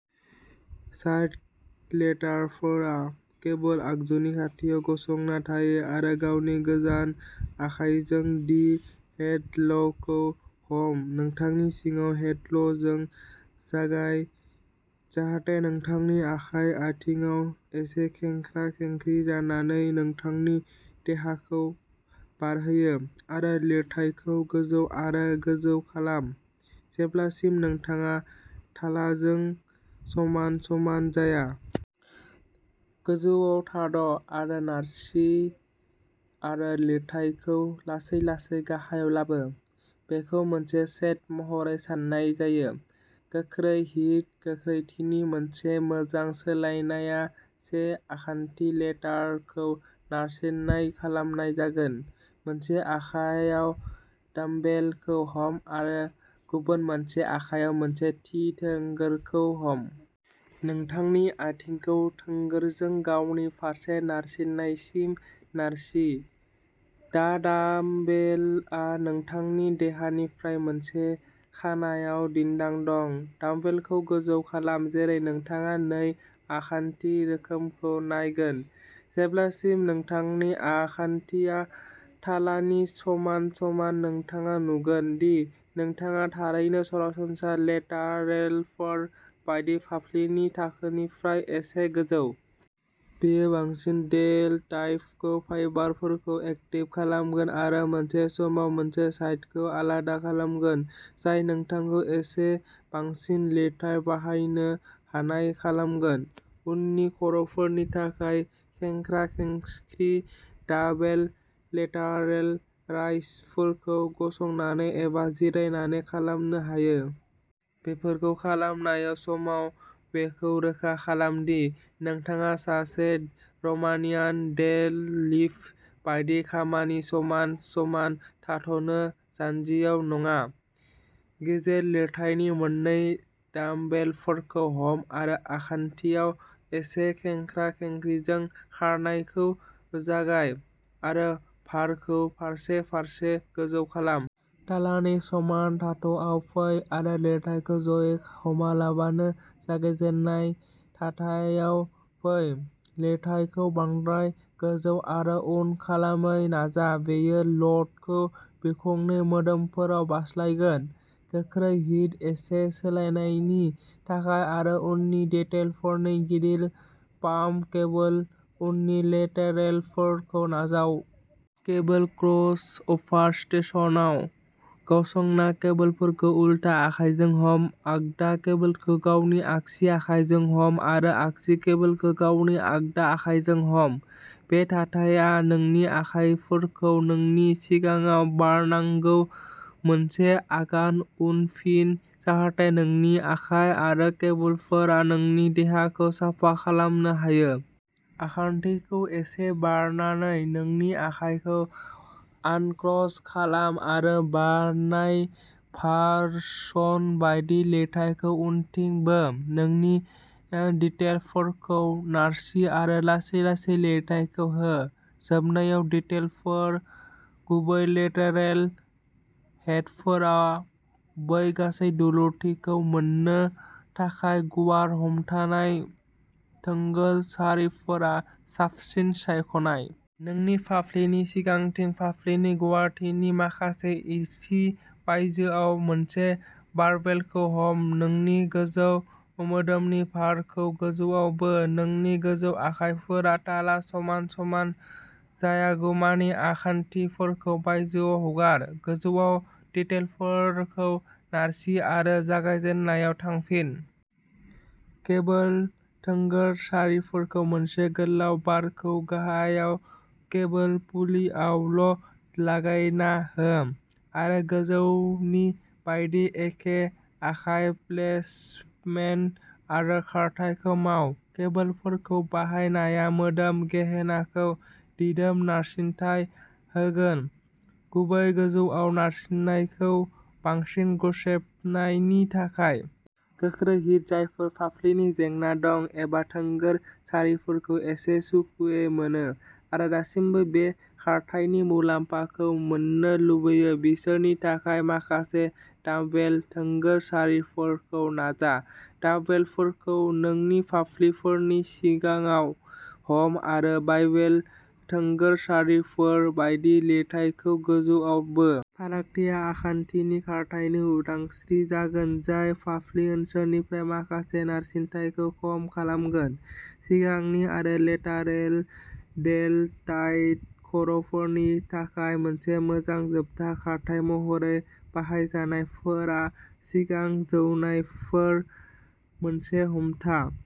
Side लेटारफोरा cable आगजुनि खाथियाव गसंना थायो आरो गावनि गोजान आखायजों डि हैडलखौ हम। नोंथांनि सिगाङाव हैडलजों जागाय, जाहाथे नोंथांनि आखाइआ आखान्थिआव एसे खेंख्रा-खेंख्रि जानानै नोंथांनि देहाखौ बारहोयो आरो लिरथायखौ गोजौ आरो गोजौ खालाम, जेब्लासिम नोंथाङा थालाजों समान समान जाया। गोजौआव थाद' आरो नारसि आरो लिरथायखौ लासै-लासै गाहायाव लाबो, बेखौ मोनसे सेट महरै सान्नाय जायो। गोख्रै हिट गोख्रैथिनि मोनसे मोजां सोलायनायआ से आखान्थि लेटारखौ नारसिन्नाय खालामनाय जागोन। मोनसे आखायाव डाम्बेलखौ हम आरो गुबुन मोनसे आखायाव मोनसे थि थोंगोरखौ हम। नोंथांनि आथिंखौ थोंगोरजों गावनि फारसे नारसिन्नायसिम नारसि। दा डाम्बेलआ नोंथांनि देहानिफ्राय मोनसे खनायाव दिन्दां दं। डाम्बोलखौ गोजौ खालाम, जेरै नोंथाङा नै आखान्थि रोखोमखौ नायगोन, जेब्लासिम नोंथांनि आखान्थिया थालानि समान समान। नोंथाङा नुगोन दि नोंथाङा थारैनो सरासनस्रा लेटारेलफोर बायदि फाफ्लिनि थाखोनिफ्राय एसे गोजौ। बेयो बांसिन डेलटाइड फाइबारफोरखौ एक्टिभेट खालामगोन आरो मोनसे समाव मोनसे साइडखौ आलादा खालामगोन, जाय नोंथांखौ एसे बांसिन लिरथाइ बाहायनो हानाय खालामगोन। उननि खर'फोरनि थाखाय खेंख्रा-खेंख्रि डाबेल लेटारेल राइजफोरखौ गसंनानै एबा जिरायनानै खालामनो हायो। बेफोरखौ खालामनाय समाव बेखौ रोखा खालाम दि नोंथाङा सासे र'मानियान डेडलिफ्ट बायदि खामिनि समान समान थाथ'नो, जान्जियाव नङा। गेजेर लिरथायनि मोन्नै डामबेलफोरखौ हम आरो आखान्थिआव एसे खेंख्रा-खेंख्रिजों खारनायखौ जागाय आरो भारखौ फारसे-फारसे गोजौ खालाम। थालानि समान थाथ'आव फै आरो लिरथायखौ ज'यै हमालाबानो जागायजेननाय थाथायाव फै। लिरथायखौ बांद्राय गोजौ आरो उन खालामै नाजा बेयो ल'डखौ बिखुंनि मोदोमफोराव बारस्लायगोन। गोख्रै हिट एसे सोलायनायनि थाखाय आरो उननि डेटेलफोरनि गिदिर पाम्प केबोल उननि लेटारेलफोरखौ नाजाव। केबोल क्रसअभार स्टेशनाव गसंना केबोलफोरखौ उलथा आखाइजों हम आगदा केबोलखौ गावनि आगसि आखाइजों हम आरो आगसि केबोलखौ गावनि आगदा आखाइजों हम। बे थाथाया नोंनि आखाइफोरखौ नोंनि सिगाङाव बारनांगौ। मोनसे आगान उनफिन जाहाथे नोंनि आखाइ आरो केबोलफोरा नोंनि देहाखौ साफा खालामनो हायो। आखान्थिखौ एसे बारनानै नोंनि आखाइखौ आनक्रस खालाम आरो बारनाय भारसन बायदि लिरथायखौ उनथिं बो। नोंनि ओ डिटेलफोरखौ नारसि आरो लासै-लासै लिरथायखौ हो। जोबनायाव डिटेलफोर, गुबै लेटारेल हेडफोराव बै गासै दुलुरथिखौ मोन्नो थाखाय, गुवार हमथानाय थोंगोर सारिफोरा साबसिन सायख'नाय। नोंनि फाफ्लिनि सिगांथिं फाफ्लिनि गुवारथिनि माखासे इन्सि बायजोआव मोनसे बारबेलखौ हम। नोंनि गोजौ मोदोमनि भारखौ गोजौआव बो। नोंनि गोजौ आखाइफोरा थाला समान समान जायागौमानि आखान्थिफोरखौ बायजोआव हगार। गोजौआव डिटेलफोरखौ नारसि आरो जागायजेननायाव थांफिन। केबोल थोंगोर सारिफोरजों मोनसे गोलाव बारखौ गाहायाव केबोल पुलिआवल' लागायना हो आरो गोजौनि बायदि एखे आखाइ प्लेसमेन्ट आरो खारथाइखौ माव। केबोलफोरखौ बाहायनाया मोदोम गेहेनखौ दिदोम नारसिनथाय होगोन, गुबैयै गोजौआव नारसिन्नायखौ बांसिन गुसेबनायनि थाखाय। गोख्रै हिट जायफोर फाफ्लिनि जेंना दं एबा थोंगोर सारिफोरखौ एसे सुखुयै मोनो आरो दासिमबो बे खारथायनि मुलाम्फाखौ मोननो लुबैयो, बिसोरनि थाखाय माखासे डामबेल थोंगोर सारिफोरखौ नाजा। डामबेलफोरखौ नोंनि फाफ्लिफोरनि सिगाङाव हम आरो बारबेल थोंगोर सारिफोर बायदि लिरथायखौ गोजौआव बो। फारागथिया आखान्थिनि खारथायनि उदांस्रि जागोन जाय फाफ्लि ओनसोलनिफ्राय माखासे नारसिनथायखौ खम खालामगोन। सिगांनि आरो लेटारेल डेलटाइड खर'फोरनि थाखाय मोनसे मोजां जोबथा खारथाइ महरै बाहायजानायफोरा सिगां जौनायफोर मोनसे हमथा।